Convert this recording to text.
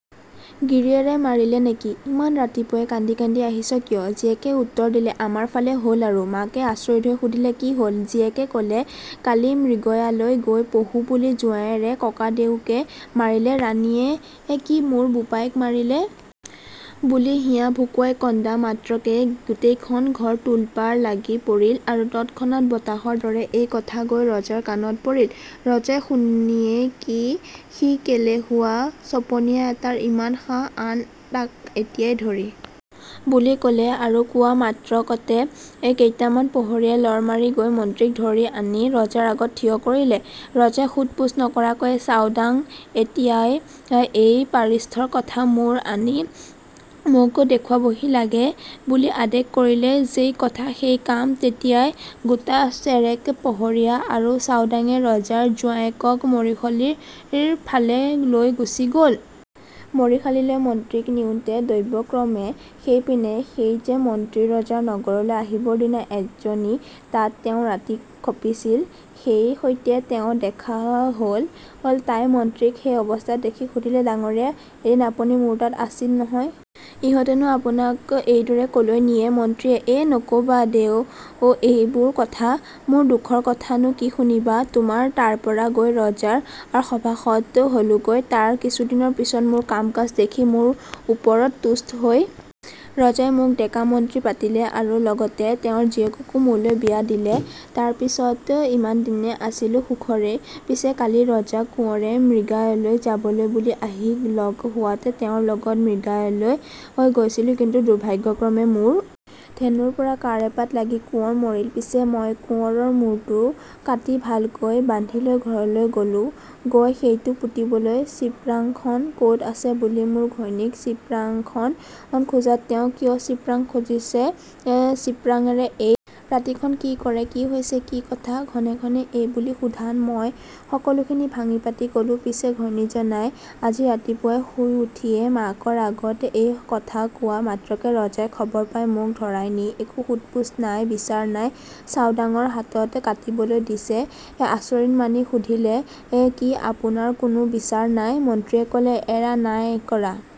গিৰিয়েৰে মাৰিলে নে কি? ইমান ৰাতিপুৱাই কান্দি-কাটি আহিছ কিয়? " জীয়েকে উত্তৰ দিলে, "আমাৰ ফালে হ'ল আৰু৷"মাকে আচৰিত হৈ সুধিলে, "কি হ'ল? " জীয়েকে ক'লে, "কালি মৃগয়ালৈ গৈ পহু বুলি জোঁৱায়েৰে ককাইদেউকে মাৰিলে৷" ৰাণীয়ে "কি মোৰ বোপাইক মাৰিলে? " বুলি হিয়া ভুকুৱাই কন্দা মাত্ৰকে গোটেইখন ঘৰ তোলপাৰ লাগি পৰিল, আৰু তৎক্ষণাৎ বতাহৰ দৰে এই কথা গৈ ৰজাৰ কাণত পৰিল৷ ৰজাই শুনিয়েই-"কি সি কেলেহুৱা চপনীয়া এটাৰ ইমান সাহ? আন তাক এতিয়াই ধৰি৷" বুলি ক'লে আৰু কোৱা মাত্ৰকতে কেইটামান পহৰীয়াই লৰ মাৰি গৈ মন্ত্ৰীক ধৰি আনি ৰজাৰ আগত থিয় কৰিলে৷ ৰজাই সোধ-পোছ নকৰাকৈয়ে- "চাওদাং, এতিয়াই এই পাপিষ্ঠৰ কটা মূৰ আনি মোক দেখুৱাবহি লাগে" বুলি আদেশ কৰিলে৷ যেই কথা সেই কাম৷ তেতিয়াই গোটাচেৰেক পহৰীয়া আৰু চাওদাঙে ৰজাৰ জোঁৱায়েকক মৰিশালিৰ ফালে লৈ গুচি গ'ল৷। মৰিশালিলৈ মন্ত্ৰীক নিওঁতে দৈবক্ৰমে সেইপিনে, সেই যে মন্ত্ৰী ৰজাৰ নগৰলৈ আহিবৰ দিনা এজনী নটীৰ তাত তেওঁ ৰাতি খপিছিল, সেই নটীৰে সৈতে তেওঁৰ দেখা হ'ল৷ তাই মন্ত্ৰীক সেই অৱস্থাত দেখি সুধিলে, "ডাঙৰীয়া! এদিন আপুনি মোৰ তাত আছিল নহয়? ইহঁতেনো আপোনাক এইদৰে ক'লৈ নিয়ে? " মন্ত্ৰীয়ে "এ নক'বা দেও সেইবোৰ কথা৷ মোৰ দুখৰ কথানো কি শুনিবা? তোমাৰ তাৰপৰা গৈ ৰজাৰ সভাসদ হলোঁগৈ৷ তাৰ কিছুদিনৰ পিচত মোৰ কাম-কাজ দেখি মোৰ ওপৰত তুষ্ট হৈ ৰজাই মোক ডেকা-মন্ত্ৰী পাতিলে আৰু লগতে তেওঁৰ জীয়েককো মোলৈ বিয়া দিলে৷ তাৰ পিছত ইমানদিনে আছিলোঁ সুখেৰেই; পিছে কালি ৰজাৰ কোঁৱৰে মৃগয়ালৈ যাবলৈ বুলি আহি লগ লোৱাত তেওঁৰ লগত মৃগয়ালৈ গৈছিলোঁ; কিন্তু দুৰ্ভাগ্যক্ৰমে মোৰ ধেনুৰপৰা কাঁড় এপাট লাগি কোঁৱৰ মৰিল৷ পিছে মই কোঁৱৰৰ মুৰটো কাটি ভালকৈ বান্ধি লৈ ঘৰলৈ গলোঁ, গৈ সেইটো পুতিবলৈ চিপৰাংখন ক'ত আছে বুলি আমাৰ ঘৈণীক চিপৰাংখন খোজাত তেওঁ কিয় চিপৰাং খুজিছে, চিপৰাঙেৰে এই ৰাতিখন কি কৰে, কি হৈছে, কি কথা, ঘনে ঘনে এই বুলি সোধাত, মই সকলোখিনি ভাঙি পাতি ক'লোঁ৷ পিছে ঘৈণীজনাই আজি ৰাতিপুৱা শুই উঠিয়েই মাকৰ আগত এই কথা কোৱা মাত্ৰকে ৰজাই খবৰ পাই মোক ধৰাই নি, একো সোধ-পোছ নাই, বিচাৰ নাই, চাওদাঙৰ হাতত কাটিবলৈ দিছে৷" নটীয়ে আচৰিত মানি সুধিলে, "কি আপোনাৰ কোনো বিচাৰ কৰা নাই? " মন্ত্ৰীয়ে ক'লে, "এৰা নাই কৰা৷"